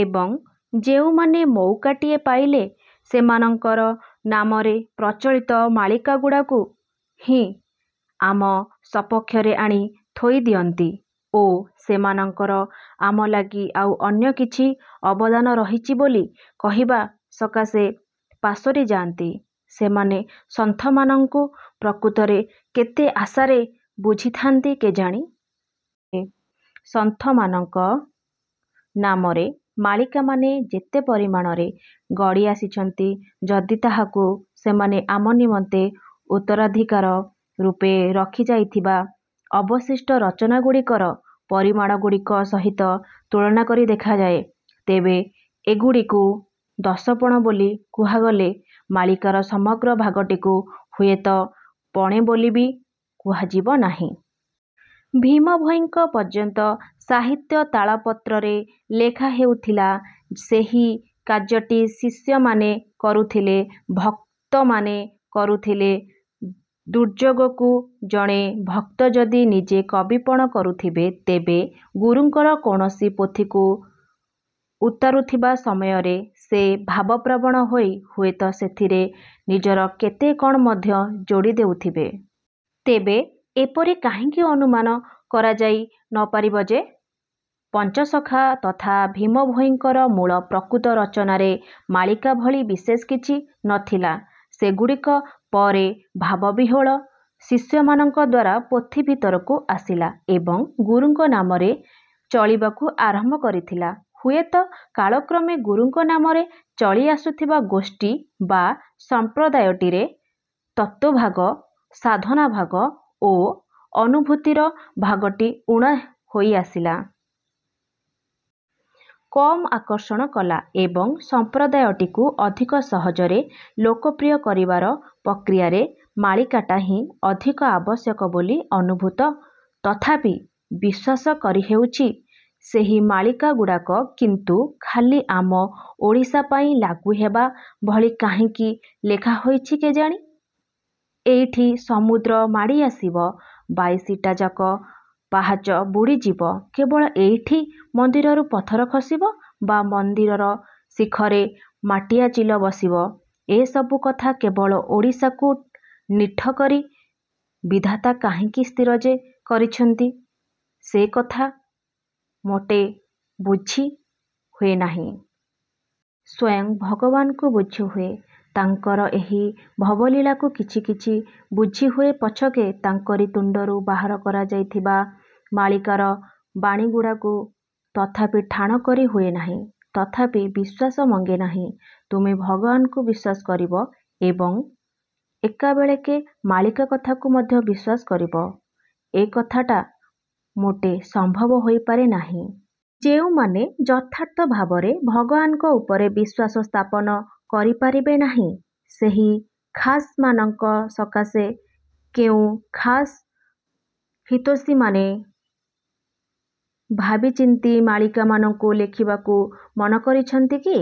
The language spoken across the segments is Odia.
ଏବଂ ଯେଉଁମାନେ ମଉକାଟିଏ ପାଇଲେ ସେମାନଙ୍କର ନାମରେ ପ୍ରଚଳିତ ମାଳିକାଗୁଡାକୁ ହିଁ ଆମ ସପକ୍ଷରେ ଆଣି ଥୋଇ ଦିଅନ୍ତି ଓ ସେମାନଙ୍କର ଆମ ଲାଗି ଆଉ ଅନ୍ୟ କିଛି ଅବଦାନ ରହିଛି ବୋଲି କହିବା ସକାଶେ ପାସୋରି ଯାଆନ୍ତି, ସେମାନେ ସନ୍ଥମାନଙ୍କୁ ପ୍ରକୃତରେ କେତେ ଅଣାରେ ବୁଝିଥାନ୍ତି କେଜାଣି? ସନ୍ଥମାନଙ୍କ ନାମରେ ମାଳିକାମାନେ ଯେତେ ପରିମାଣରେ ଗଡ଼ି ଆସିଛନ୍ତି, ଯଦି ତାହାକୁ ସେମାନେ ଆମ ନିମନ୍ତେ ଉତ୍ତରାଧିକାର ରୂପେ ରଖି ଯାଇଥିବା ଅବଶିଷ୍ଟ ରଚନାଗୁଡ଼ିକର ପରିମାଣଗୁଡ଼ିକ ସହିତ ତୁଳନା କରି ଦେଖାଯାଏ, ତେବେ ଏଗୁଡ଼ିକୁ ଦଶପଣ ବୋଲି କୁହାଗଲେ ମାଳିକାର ସମଗ୍ର ଭାଗଟିକୁ ହୁଏତ ପଣେ ବୋଲି ବି କୁହାଯିବ ନାହିଁ। ଭୀମଭୋଇଙ୍କ ପର୍ଯ୍ୟନ୍ତ ସାହିତ୍ୟ ତାଳପତ୍ରରେ ଲେଖା ହେଉଥିଲା। ସେହି କାର୍ଯ୍ୟଟି ଶିଷ୍ୟମାନେ କରୁଥିଲେ। ଭକ୍ତମାନେ କରୁଥିଲେ। ଦୁର୍ଯୋଗକୁ ଜଣେ ଭକ୍ତ ଯଦି ନିଜେ କବିପଣ କରୁଥବେ, ତେବେ ଗୁରୁଙ୍କର କୌଣସି ପୋଥିକୁ ଉତାରୁଥିବା ସମୟରେ ସିଏ ଭାବପ୍ରବଣ ହୋଇ ହୁଏତ ସେଥିରେ ନିଜର କେତେ କ'ଣ ମଧ୍ୟ ଯୋଡ଼ି ଦେଉଥିବେ। ତେବେ ଏପରି କାହିଁକି ଅନୁମାନ କରାଯାଇ ନପାରିବ ଯେ, ପଞ୍ଚସଖା ତଥା ଭୀମଭୋଇଙ୍କର ମୂଳ ପ୍ରକୃତ ରଚନାରେ ମାଳିକା ଭଳି ବିଶେଷ କିଛି ନଥିଲା। ସେଗୁଡ଼ିକ ପରେ ଭାବବିହ୍ଵଳ ଶିଷ୍ୟମାନଙ୍କ ଦ୍ୱାରା ପୋଥି ଭିତରକୁ ଆସିଲା ଏବଂ ଗୁରୁଙ୍କ ନାମରେ ଚଳିବାକୁ ଆରମ୍ଭ କରିଥିଲା। ହୁଏତ କାଳକ୍ରମେ ଗୁରୁଙ୍କ ନାମରେ ଚଳି ଆସୁଥିବା ଗୋଷ୍ଠୀ ବା ସମ୍ପ୍ରଦାୟଟିରେ ତତ୍ତ୍ୱଭାଗ, ସାଧନାଭାଗ ଓ ଅନୁଭୂତିର ଭାଗଟି ଊଣା ହୋଇଆସିଲା। କମ୍ ଆକର୍ଷଣ କଲା ଏବଂ ସଂପ୍ରଦାୟଟିକୁ ଅଧିକ ସହଜରେ ଲୋକପ୍ରିୟ କରିବାର ପ୍ରକ୍ରିୟାରେ ମାଳିକାଟା ହିଁ ଅଧିକ ଆବଶ୍ୟକ ବୋଲି ଅନୁଭୂତ ତଥାପି ବିଶ୍ୱାସ କରିହେଉଛି। ସେହି। ମାଳିକାଗୁଡ଼ାକ କିନ୍ତୁ ଖାଲି ଆମ ଓଡ଼ିଶା ପାଇଁ ଲାଗୁ ହେବା ଭଳି କାହିଁକି ଲେଖାହୋଇଛି କେଜାଣି? ଏଇଠି ସମୁଦ୍ର ମାଡ଼ି ଆସିବ, ବାଇଶିଟାଯାକ ପାହଚ ବୁଡ଼ିଯିବ, କେବଳ ଏଇଠି ମନ୍ଦିରରୁ ପଥର ଖସିବ ବା ମନ୍ଦିରଶିଖରେ ମାଟିଆଚିଲ ବସିବ, ଏସବୁ କଥା କେବଳ ଓଡ଼ିଶାକୁ ନିଠ କରି ବିଧାତା କାହିଁକି ସ୍ଥିର ଯେ କରିଛନ୍ତି, ସେକଥା ମୋଟେ ବୁଝିହୁଏ ନାହିଁ। ସ୍ୱୟଂ ଭଗବାନଙ୍କୁ ବୁଝିହୁଏ, ତାଙ୍କର ଏହି ଭବଲୀଳାକୁ କିଛି କିଛି ବୁଝି ହୁଏ ପଛକେ, ତାଙ୍କରି ତୁଣ୍ଡରୁ ବାହାର କରାଯାଇଥିବା ମାଳିକାର ବାଣୀଗୁଡ଼ାକୁ ତଥାପି ଠାଣ କରି ହୁଏନାହିଁ। ତଥାପି ବିଶ୍ୱାସ ମଙ୍ଗେ ନାହିଁ। ତୁମେ ଭଗବାନଙ୍କୁ ବିଶ୍ୱାସ କରିବ ଏବଂ ଏକାବେଳେକେ ମାଳିକା କଥାକୁ ମଧ୍ୟ ବିଶ୍ଵାସ କରିବ, ଏକଥାଟା ମୋଟେ ସମ୍ଭବ ହୋଇପାରେ ନାହିଁ। ଯେଉଁମାନେ ଯଥାର୍ଥ ଭାବରେ ଭଗବାନଙ୍କ ଉପରେ ବିଶ୍ୱାସ ସ୍ଥାପନ କରିପାରିବେ ନାହିଁ, ସେହି ଖାସ୍ ମାନଙ୍କ ସକାଶେ କେଉଁ ଖାସ୍ ହିତୈଷୀମାନେ ଭାବିଚିନ୍ତି ମାଳିକାମାନଙ୍କୁ ଲେଖିବାକୁ ମନ କରିଛନ୍ତି କି?,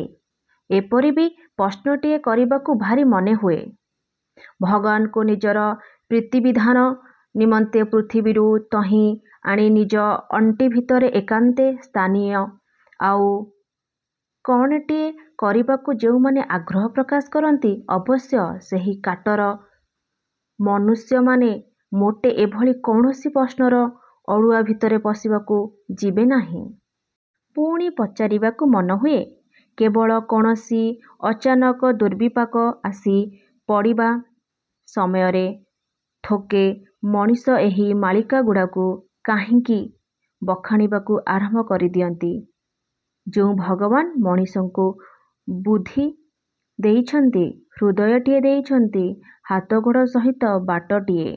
ଏପରି ବି ପ୍ରଶ୍ନଟିଏ କରିବାକୁ ଭାରି ମନେ ହୁଏ। ଭଗବାନଙ୍କୁ ନିଜର ପ୍ରୀତିବିଧାନ ନିମନ୍ତେ ପୃଥିବୀରୁ ଦୁହିଁ ଆଣି ନିଜ ଅଣ୍ଟି ଭିତରେ ଏକାନ୍ତ ସ୍ଥାନୀୟ ଆଉ କ'ଣଟିଏ କରିବାକୁ ଯେଉଁମାନେ ଆଗ୍ରହ ପ୍ରକାଶ କରନ୍ତି, ଅବଶ୍ୟ ସେହି କାଟର ମନୁଷ୍ୟମାନେ ମୋଟେ ଏଭଳି କୌଣସି ପ୍ରଶ୍ନର ଅଡୁଆ ଭିତରେ ପଶିବାକୁ ଯିବେ ନାହିଁ। ପୁଣି ପଚାରିବାକୁ ମନ ହୁଏ, କେବଳ କୌଣସି ଅଚାନକ ଦୁର୍ବିପାକ ଆସି ପଡ଼ିବା ସମୟରେ ଥୋକେ ମଣିଷ ଏହି ମାଳିକାଗୁଡାକୁ କାହିଁକି ବଖାଣିବାକୁ ଆରମ୍ଭ କରିଦିଅନ୍ତି? ଯେଉଁ ଭଗବାନ ମଣିଷମାନଙ୍କୁ ବୁଦ୍ଧି ଦେଇଛନ୍ତି, ହୃଦୟଟିଏ ଦେଇଛନ୍ତି, ହାତଗୋଡ଼ ସହିତ ବାଟଟିଏ